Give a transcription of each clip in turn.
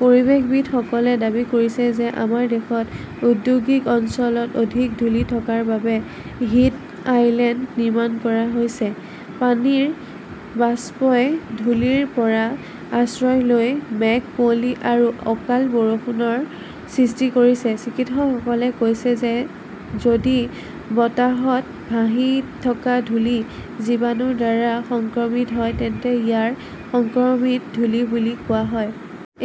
পৰিৱেশবিদসকলে দাবী কৰিছে যে আমাৰ দেশত ঔদ্যোগিক অঞ্চলত অধিক ধূলি থকাৰ বাবে হিট আইলেণ্ড নিৰ্মাণ কৰা হৈছে। পানীৰ বাষ্পই ধূলিৰ পৰা আশ্ৰয় লৈ মেঘ, কুঁৱলী আৰু অকাল বৰষুণৰ সৃষ্টি কৰিছে। চিকিৎসকে কৈছিল যে যদি বতাহত ভাহি থকা ধূলি জীৱাণুৰ দ্বাৰা সংক্ৰমিত হয় তেন্তে ইয়াক সংক্ৰমিত ধূলি বুলি কোৱা হয়।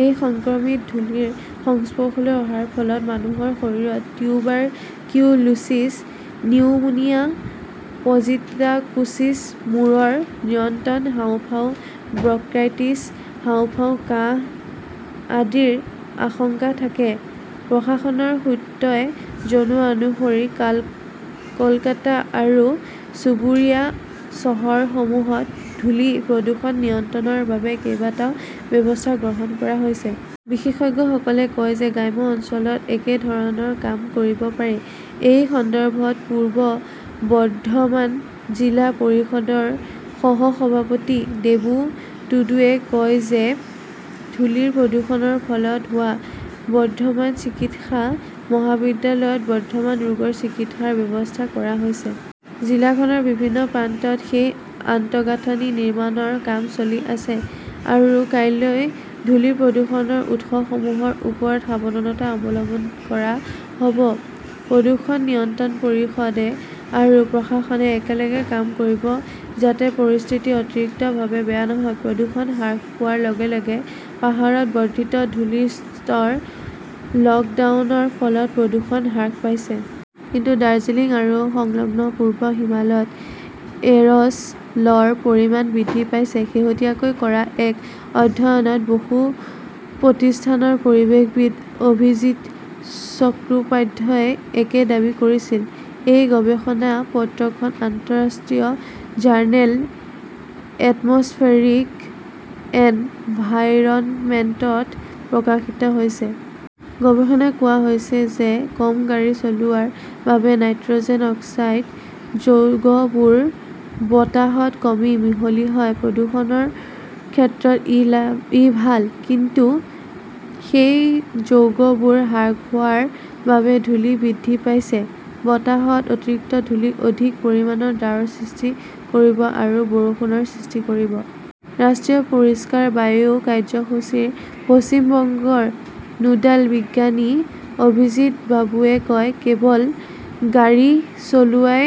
এই সংক্ৰমিত ধূলিৰ সংস্পৰ্শলৈ অহাৰ ফলত মানুহৰ শৰীৰত টিউবাৰকিউলোচিছ, নিউমোনিয়া, পজিটাকোচিছ, মূৰৰ নিয়ন্ত্ৰণ, হাঁওফাঁও, ব্ৰংকাইটিছ, হাঁওফাঁও, কাহ আদিৰ আশংকা থাকে। প্ৰশাসনৰ সূত্ৰই জনোৱা অনুসৰি কলকাতা আৰু চুবুৰীয়া চহৰসমূহত ধূলি প্ৰদূষণ নিয়ন্ত্ৰণৰ বাবে কেইবাটাও ব্যৱস্থা গ্ৰহণ কৰা হৈছে। বিশেষজ্ঞসকলে কয় যে গ্ৰাম্য অঞ্চলত একেধৰণৰ কাম কৰিব পাৰি। এই সন্দৰ্ভত পূব বৰ্ধমান জিলা পৰিষদৰ সহ-সভাপতি দেবু টুডুৱে কয় যে ধূলিৰ প্ৰদূষণৰ ফলত হোৱা বৰ্ধমান চিকিৎসা মহাবিদ্যালয়ত বৰ্ধমান ৰোগৰ চিকিৎসাৰ ব্যৱস্থা কৰা হৈছে। জিলাখনৰ বিভিন্ন প্ৰান্তত সেই আন্তঃগাঁথনি নিৰ্মাণৰ কাম চলি আছে। আৰু কাইলৈ ধূলি প্ৰদূষণৰ উৎসসমূহৰ ওপৰত সাৱধানতা অৱলম্বন কৰা হব। প্ৰদূষণ নিয়ন্ত্ৰণ পৰিষদে আৰু প্ৰশাসনে একেলগে কাম কৰিব যাতে পৰিস্থিতি অতিৰিক্তভাৱে বেয়া নহয়। প্ৰদূষণ হ্ৰাস পোৱাৰ লগে-লগে পাহাৰত বৰ্ধিত ধূলিৰ স্তৰ লকডাউনৰ ফলত প্ৰদূষণ হ্ৰাস পাইছে। কিন্তু ডাৰ্জিলিং আৰু সংলগ্ন পূব হিমালয়ত এৰছ ল ৰ পৰিমাণ বৃদ্ধি পাইছে। শেহতীয়াকৈ কৰা এক অধ্যয়নত বসু প্ৰতিষ্ঠানৰ পৰিৱেশবিদ অভিজিৎ চট্টোপাধ্যায়ই একে দাবী কৰিছিল। এই গৱেষণা পত্ৰখন আন্তঃৰাষ্ট্ৰীয় জাৰ্নেল এটমছফেৰিক এনভাইৰনমেণ্টত প্ৰকাশিত হৈছে। গৱেষণাত কোৱা হৈছে যে কম গাড়ী চলোৱাৰ বাবে নাইট্ৰজেন অক্সাইড যৌগবোৰ বতাহত কমি মিহলি হয়। প্ৰদূষণৰ ক্ষেত্ৰত ই ভাল। কিন্তু সেই যৌগবোৰ হ্ৰাস হোৱাৰ বাবেই ধূলি বৃদ্ধি পাইছে। বতাহত অতিৰিক্ত ধূলি অধিক পৰিমাণৰ ডাৱৰ সৃষ্টি কৰিব আৰু বৰষুণৰ সৃষ্টি কৰিব। ৰাষ্ট্ৰীয় পৰিষ্কাৰ বায়ু কাৰ্যসূচীৰ পশ্চিম বংগৰ নোডাল বিজ্ঞানী অভিজিৎ বাবুৱে কয়, কেৱল গাড়ী চলোৱাই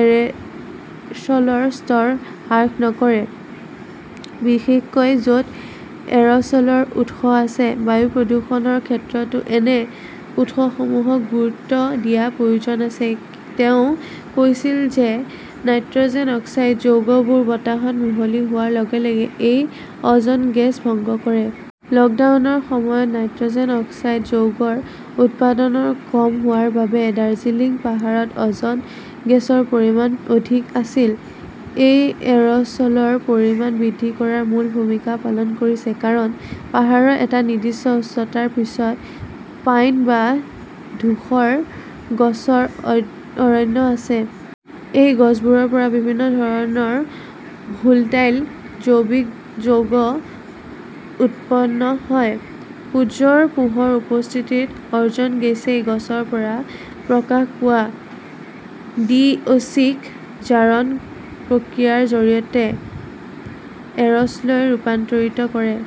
এৰছলৰ স্তৰ হ্ৰাস নকৰে, বিশেষকৈ যত এৰছলৰ উৎস আছে। বায়ু প্ৰদূষণৰ ক্ষেত্ৰতো এনে উৎসসমূহক গুৰুত্ব দিয়াৰ প্ৰয়োজন আছে। তেওঁ কৈছিল যে নাইট্ৰজেন অক্সাইড যৌগবোৰ বতাহত মিহলি হোৱাৰ লগে লগে ই অ'জন গেছ ভংগ কৰে। লকডাউনৰ সময়ত নাইট্ৰজেন অক্সাইড যৌগৰ উৎপাদন কম হোৱাৰ বাবে দাৰ্জিলিং পাহাৰত অ'জন গেছৰ পৰিমাণ অধিক আছিল। ই এৰছলৰ পৰিমাণ বৃদ্ধি কৰাত মূল ভূমিকা পালন কৰিছে। কাৰণ পাহাৰৰ এটা নিৰ্দিষ্ট উচ্চতাৰ পিছত পাইন বা ধূসৰ গছৰ অৰণ্য আছে। এই গছবোৰৰ পৰা বিভিন্ন ধৰণৰ ভোল্টাইল জৈৱিক যৌগ উৎপন্ন হয়। সূৰ্যৰ পোহৰৰ উপস্থিতিত অ'জন গেছই গছৰ পৰা প্ৰকাশ পোৱা ডিঅচি-ক জাৰণ প্ৰক্ৰিয়াৰ জৰিয়তে এৰস্ললৈ ৰূপান্তৰিত কৰে।